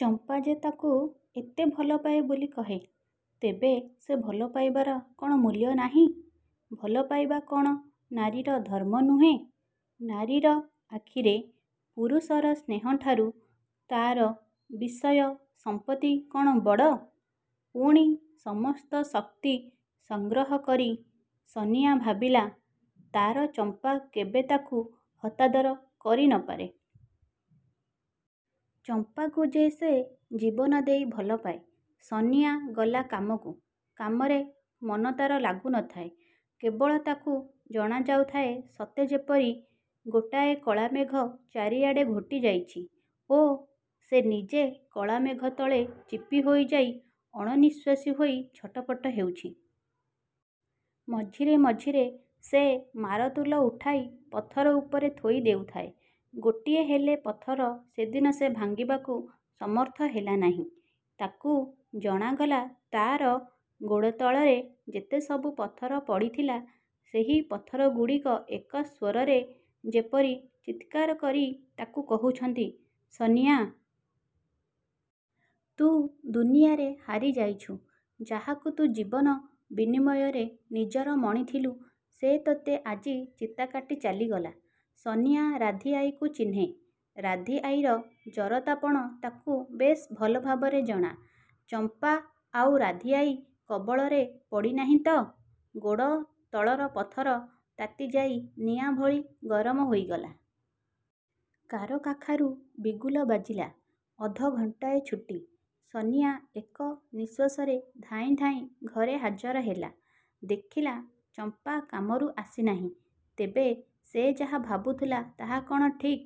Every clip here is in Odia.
ଚମ୍ପା ଯେ ତାକୁ ଏତେ ଭଲପାଏ ବୋଲି କହେ, ତେବେ ସେ ଭଲ ପାଇବାର କ'ଣ ମୂଲ୍ୟ ନାହିଁ? ଭଲ ପାଇବା କ'ଣ ନାରୀର ଧର୍ମ ନୁହେଁ? ନାରୀର ଆଖିରେ ପୁରୁଷର ସ୍ନେହଠାରୁ ତା'ର ବିଷୟ ସମ୍ପତ୍ତି କ'ଣ ବଡ଼? ପୁଣି ସମସ୍ତ ଶକ୍ତି ସଂଗ୍ରହ କରି ସନିଆ ଭାବିଲା, ''ତା'ର ଚମ୍ପା କେବେ ତାକୁ ହତାଦର କରିନପାରେ। ଚମ୍ପାକୁ ଯେ ସେ ଜୀବନଦେଇ ଭଲପାଏ। '' ସନିଆ ଗଲା କାମକୁ। କାମରେ ମନ ତା'ର ଲାଗୁ ନ ଥାଏ। କେବଳ ତାକୁ ଜଣା ଯାଉଥାଏ ସତେଯେପରି ଗୋଟାଏ କଳାମେଘ ଚାରିଆଡ଼େ ଘୋଟିଯାଇଛି ଓ ସେ ନିଜେ କଳାମେଘ ତଳେ ଚିପି ହୋଇଯାଇ ଅଣନିଶ୍ୱାସୀ ହୋଇ ଛଟପଟ ହେଉଛି। ମଝିରେ ମଝିରେ ସେ ମାରତୁଲ ଉଠାଇ ପଥର ଉପରେ ଥୋଇ ଦେଉଥାଏ। ଗୋଟିଏହେଲେ ପଥର ସେଦିନ ସେ ଭାଙ୍ଗିବାକୁ ସମର୍ଥ ହେଲା ନାହିଁ। ତାକୁ ଜଣାଗଲା ତା'ର ଗୋଡ଼ତଳରେ ଯେତେସବୁ ପଥର ପଡ଼ିଥିଲା ସେହି ପଥରଗୁଡ଼ିକ ଏକ ସ୍ୱରରେ ଯେପରି ଚିତ୍କାରକରି ତାକୁ କହୁଛନ୍ତି, ''ସନିଆ! ତୁ ଦୁନିଆରେ ହାରିଯାଇଛୁ। ଯାହାକୁ ତୁ ଜୀବନ ବିନିମୟରେ ନିଜର ମଣିଥିଲୁ, ସେ ତୋତେ ଆଜି ଚିତାକାଟି ଚାଲିଗଲା। '' ସନିଆ ରାଧୀଆଈକୁ ଚିହ୍ନେ। ରାଧୀଆଈର ଜରତାପଣ ତାକୁ ବେଶ୍ ଭଲଭାବରେ ଜଣା। ଚମ୍ପା ଆଉ ରାଧୀଆଈ କବଳରେ ପଡ଼ିନାହିଁ ତ? ଗୋଡ଼ ତଳର ପଥର ତାତିଯାଇ ନିଆଁଭଳି ଗରମ ହୋଇଗଲା। କାରକାଖାରୁ ବିଗୁଲ ବାଜିଲା। ଅଧ ଘଣ୍ଟାଏ ଛୁଟି। ସନିଆ ଏକ ନିଶ୍ୱାସରେ ଧାଇଁ ଧାଇଁ ଘରେ ହାଜର ହେଲା। ଦେଖିଲା ଚମ୍ପା କାମରୁ ଆସିନାହିଁ। ତେବେ ସେ ଯାହା ଭାବୁଥିଲା ତାହା କ'ଣ ଠିକ୍?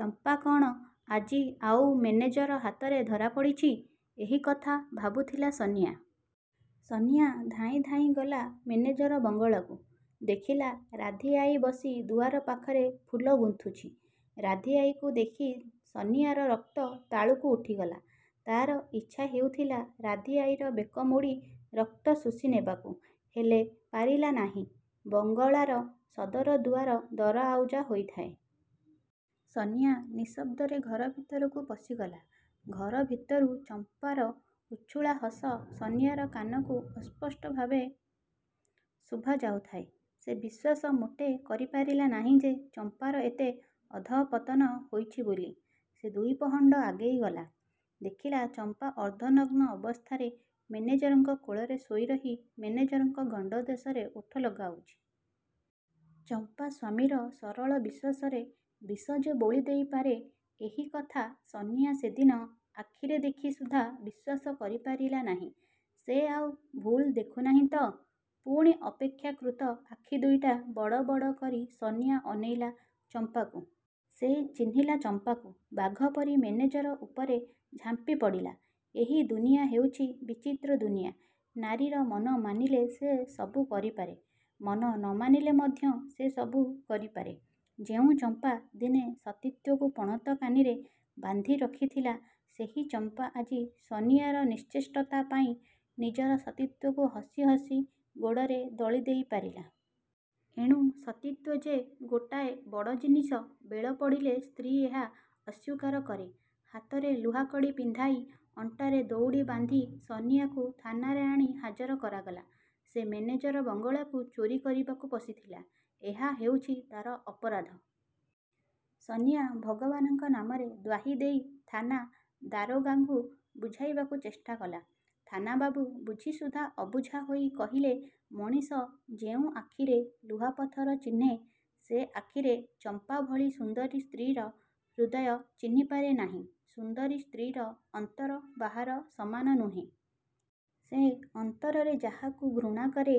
ଚମ୍ପା କ'ଣ ଆଜି ଆଉ ମେନେଜର ହାତରେ ଧରାପଡ଼ିଛି? ଏହି କଥା ଭାବୁଥିଲା ସନିଆ। ସନିଆ ଧାଇଁ ଧାଇଁ ଗଲା ମେନେଜର ବଙ୍ଗଳାକୁ। ଦେଖିଲା ରାଧୀଆଈ ବସି ଦୁଆର ପାଖରେ ଫୁଲ ଗୁନ୍ଥୁଛି। ରାଧୀଆଈକୁ ଦେଖି ସନିଆର ରକ୍ତ ତାଳୁକୁ ଉଠିଗଲା। ତା'ର ଇଚ୍ଛା ହେଉଥିଲା ରାଧୀଆଈର ବେକ ମୋଡ଼ି ରକ୍ତ ଶୋଷି ନେବାକୁ। ହେଲେ ପାରିଲା ନାହିଁ। ବଙ୍ଗଳାର ସଦର ଦୁଆର ଦରଆଉଜା ହୋଇଥାଏ। ସନିଆ ନିଶବ୍ଦରେ ଘର ଭିତରକୁ ପଶିଗଲା। ଘର ଭିତରୁ ଚମ୍ପାର ଉଛୁଳା ହସ ସନିଆର କାନକୁ ଅସ୍ପଷ୍ଟ ଭାବେ ଶୁଭାଯାଉଥାଏ। ସେ ବିଶ୍ୱାସ ମୋଟେ କରିପାରିଲା ନାହିଁ ଯେ ଚମ୍ପାର ଏତେ ଅଧଃପତନ ହୋଇଛି ବୋଲି। ସେ ଦୁଇ ପହଣ୍ଡ ଆଗେଇଗଲା। ଦେଖିଲା ଚମ୍ପା ଅର୍ଦ୍ଧନଗ୍ନ ଅବସ୍ଥାରେ ମେନେଜରଙ୍କ କୋଳରେ ଶୋଇରହି ମେନେଜରଙ୍କ ଗଣ୍ଡଦେଶରେ ଓଠ ଲଗାଉଛି। ଚମ୍ପା ସ୍ୱାମୀର ସରଳ ବିଶ୍ୱାସରେ ବିଷ ଯେ ବୋଳି ଦେଇପାରେ ଏହି କଥା ସନିଆ ସେଦିନ ଆଖିରେ ଦେଖି ସୁଦ୍ଧା ବିଶ୍ୱାସ କରିପାରିଲା ନାହିଁ। ସେ ଆଉ ଭୁଲ ଦେଖୁନାହିଁ ତ? ପୁଣି ଅପେକ୍ଷାକୃତ ଆଖି ଦୁଇଟା ବଡ଼ ବଡ଼ କରି ସନିଆ ଅନେଇଲା ଚମ୍ପାକୁ। ସେ ଚିହ୍ନିଲା ଚମ୍ପାକୁ। ବାଘପରି ମେନେଜର ଉପରେ ଝାମ୍ପିପଡ଼ିଲା। ଏହି ଦୁନିଆ ହେଉଛି ବିଚିତ୍ର ଦୁନିଆ। ନାରୀର ମନ ମାନିଲେ ସେ ସବୁ କରିପାରେ। ମନ ନ ମାନିଲେ ମଧ୍ୟ ସେ ସବୁ କରିପାରେ। ଯେଉଁ ଚମ୍ପା ଦିନେ ସତୀତ୍ୱକୁ ପଣତକାନିରେ ବାନ୍ଧିରଖିଥିଲା, ସେହି ଚମ୍ପା ଆଜି ସନିଆର ନିଶ୍ଚେଷ୍ଟତା ପାଇଁ ନିଜର ସତୀତ୍ଵକୁ ହସି ହସି ଗୋଡ଼ରେ ଦଳି ଦେଇ ପାରିଲା। ଏଣୁ ସତୀତ୍ଵ ଯେ ଗୋଟାଏ ବଡ଼ ଜିନିଷ ବେଳ ପଡ଼ିଲେ ସ୍ତ୍ରୀ ଏହା ଅସ୍ୱୀକାର କରେ। ହାତରେ ଲୁହାକଡ଼ି ପିନ୍ଧାଇ, ଅଣ୍ଟାରେ ଦଉଡ଼ି ବାନ୍ଧି ସନିଆକୁ ଥାନାରେ ଆଣି ହାଜର କରାଗଲା। ସେ ମେନେଜର ବଙ୍ଗଳାକୁ ଚୋରୀ କରିବାକୁ ପଶିଥିଲା, ଏହା ହେଉଛି ତା'ର ଅପରାଧ। ସନିଆ ଭଗବାନଙ୍କ ନାମରେ ଦ୍ୱାହିଦେଇ ଥାନା ଦାରୋଗାଙ୍କୁ ବୁଝାଇବାକୁ ଚେଷ୍ଟା କଲା-। ଥାନାବାବୁ ବୁଝି ସୁଦ୍ଧା ଅବୁଝା ହୋଇ କହିଲେ, ''ମଣିଷ ଯେଉଁ ଆଖିରେ ଲୁହା ପଥର ଚିହ୍ନେ ସେ ଆଖିରେ ଚମ୍ପା ଭଳି ସୁନ୍ଦରୀ ସ୍ତ୍ରୀର ହୃଦୟ ଚିହ୍ନି ପାରେନାହିଁ। ସୁନ୍ଦରୀ ସ୍ତ୍ରୀର ଅନ୍ତର ବାହାର ସମାନ ନୁହେଁ। ସେ ଅନ୍ତରରେ ଯାହାକୁ ଘୃଣାକରେ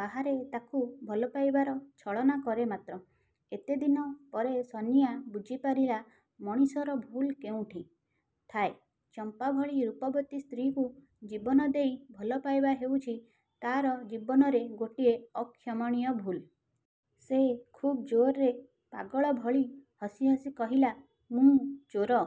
ବାହାରେ ତାକୁ ଭଲ ପାଇବାର ଛଳନାକରେ ମାତ୍ର। '' ଏତେ ଦିନ ପରେ ସନିଆ ବୁଝିପାରିଲା ମଣିଷର ଭୁଲ କେଉଁଠି ଥାଏ। ଚମ୍ପା ଭଳି ରୂପବତୀ ସ୍ତ୍ରୀକୁ ଜୀବନଦେଇ ଭଲ ପାଇବା ହେଉଛି ତା'ର ଜୀବନରେ ଗୋଟିଏ ଅକ୍ଷମଣୀୟ ଭୁଲ-। ସେ ଖୁବ୍ ଜୋରରେ ପାଗଳ ଭଳି ହସି ହସି କହିଲା, ''ମୁଁ ଚୋର।